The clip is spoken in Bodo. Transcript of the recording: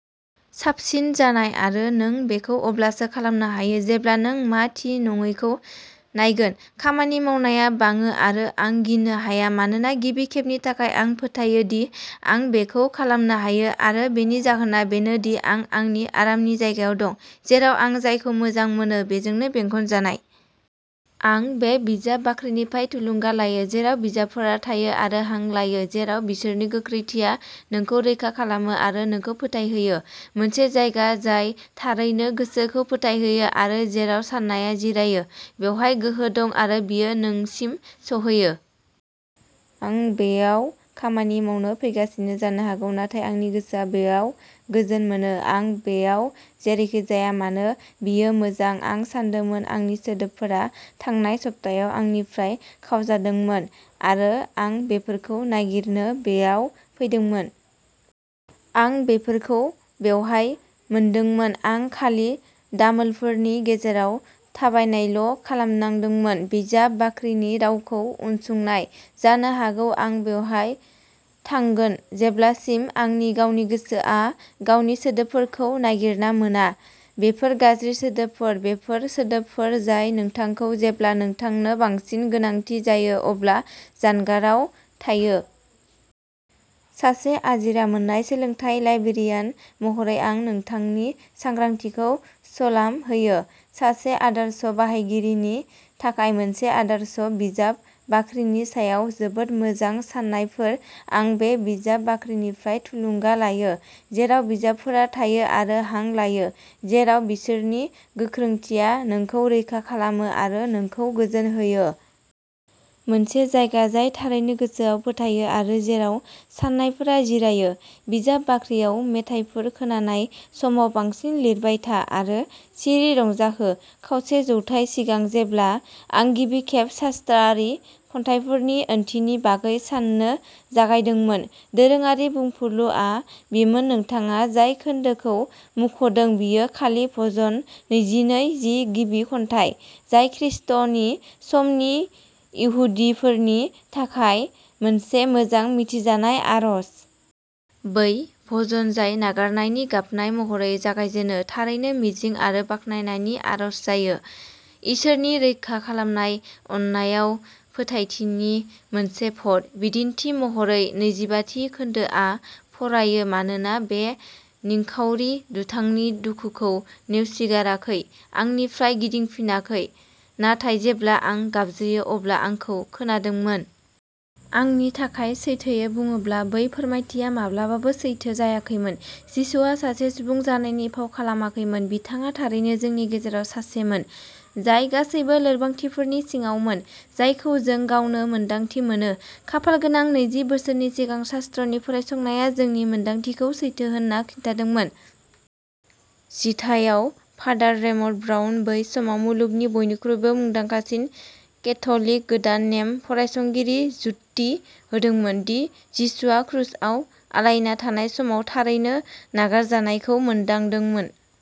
साबसिन जानाय आरो नों बेखौ अब्लासो खालामनो हायो जेब्ला नों मा थि नङैखौ नायगोन। खामानि मावनाया बाङो आरो आं गिनो हाया मानोना गिबि खेबनि थाखाय आं फोथायो दि आं बेखौ खालामनो हायो आरो बेनि जाहोना बेनो दि आं आंनि आरामनि जायगायाव दं जेराव आं जायखौ मोजां मोनो बेजों बेंखनजानाय। आं बे बिजाब बाख्रिनिफ्राय थुलुंगा लायो, जेराव बिजाबफोरा थायो आरो हां लायो, जेराव बिसोरनि गोख्रोंथिया नोंखौ रैखा खालामो आरो नोंखौ फोथायहोयो। मोनसे जायगा जाय थारैनो गोसोखौ फोथायो आरो जेराव साननाया जिरायो। बेवहाय गोहो दं आरो बेयो नोंसिम सौहैयो। आं बेयाव खामानि मावनो फैगासिनो जानो हागौ, नाथाय आंनि गोसोआ बेयाव गोजोन मोनो। आं बेयाव जेरैखि जाया मानो, बेयो मोजां। आं सान्दोंमोन आंनि सोदोबफोरा थांनाय सप्तायाव आंनिफ्राय खावजादोंमोन आरो आं बेफोरखौ नागिरनो बेयाव फैदोंमोन। आं बेफोरखौ बेवहाय मोनदोंमोन। आं खालि दामोलफोरनि गेजेराव थाबायनायल' खालामनांदोंमोन। बिजाब बाख्रिनि रावखौ उनसंनाय। जानो हागौ आं बेवहाय थागोन जेब्लासिम आंनि गावनि गोसोआ गावनि सोदोबफोरखौ नागिरना मोना। बेफोर गाज्रि सोदोबफोर, बेफोर सोदोबफोर जाय नोंथांखौ जेब्ला नोंथांनो बांसिन गोनांथि जायो अब्ला जानगाराव थायो। सासे आजिरा मोननाय सोलोंथाय लाइब्रेरियान महरै, आं नोंथांनि सांग्रांथिखौ सलाम होयो। सासे आदर्श बाहायगिरिनि थाखाय मोनसे आदर्श बिजाब बाख्रिनि सायाव जोबोद मोजां साननायफोर आं बे बिजाब बाख्रिनिफ्राय थुलुंगा लायो, जेराव बिजाबफोरा थायो आरो हां लायो, जेराव बिसोरनि गोख्रोंथिया नोंखौ रैखा खालामो आरो नोंखौ गोजोन होयो। मोनसे जायगा जाय थारैनो गोसोआव फोथायो आरो जेराव साननायफोरा जिरायो। बिजाब बाख्रियाव मेथाइफोर खोनानाय समाव बांसिन लिरबाय था आरो सिरि रंजाहो खावसे जौथाय सिगां, जेब्ला आं गिबि खेब शास्त्रारि खन्थाइफोरनि ओंथिनि बागै साननो जागायदोंमोन, दोरोङारि बुंफुरलुआ बेमोन नोंथाङा जाय खोनदोखौ मुंख'दों बेयो खालि भजन नैजिनै नि गिबि खन्थाइ, जाय ख्रिस्ट’नि समनि इहुदिफोरनि थाखाय मोनसे मोजां मिथिजानाय आरज। बै भजन जाय नागारनायनि गाबनाय महरै जागायजेनो थारैनो मिजिं आरो बाख्नायनायनि आरज जायो, इसोरनि रैखा खालामनाय अननायाव फोथायथिनि मोनसे भट। बिदिन्थि महरै, नैजिबाथि खोन्दोआ फरायो मानोना बे निखावरि दुथांनि दुखुखौ नेवसिगाराखै, आंनिफ्राय गिदिंफिनाखै, नाथाय जेब्ला आं गाबज्रियो अब्ला आंखौ खोनादोंमोन। आंनि थाखाय सैथोयै बुंनोब्ला, बै फोरमायथिया माब्लाबाबो सैथो जायाखैमोन। जिसुआ सासे सुबुं जानायनि फाव खालामाखैमोन। बिथाङा थारैनो जोंनि गेजेराव सासेमोन, जाय गासैबो लोरबांथिफोरनि सिङावमोन जायखौ जों गावनो मोन्दांथि मोनो। खाफालगोनां नैजि बोसोरनि सिगां शास्त्रनि फरायसंनाया जोंनि मोनदांथिखौ सैथो होनना खिन्थादोंमोन। जिथाइयाव, फादार रेमन्ड ब्राउन बै समाव मुलुगनि बयनिख्रुइबो मुंदांखासिन केथ'लिक गोदान नेम फरायसंगिरि जुक्ति होदोंमोन दि जिसुआ क्रुसआव आलायना थानाय समाव थारैनो नागारजानायखौ मोनदांदोंमोन।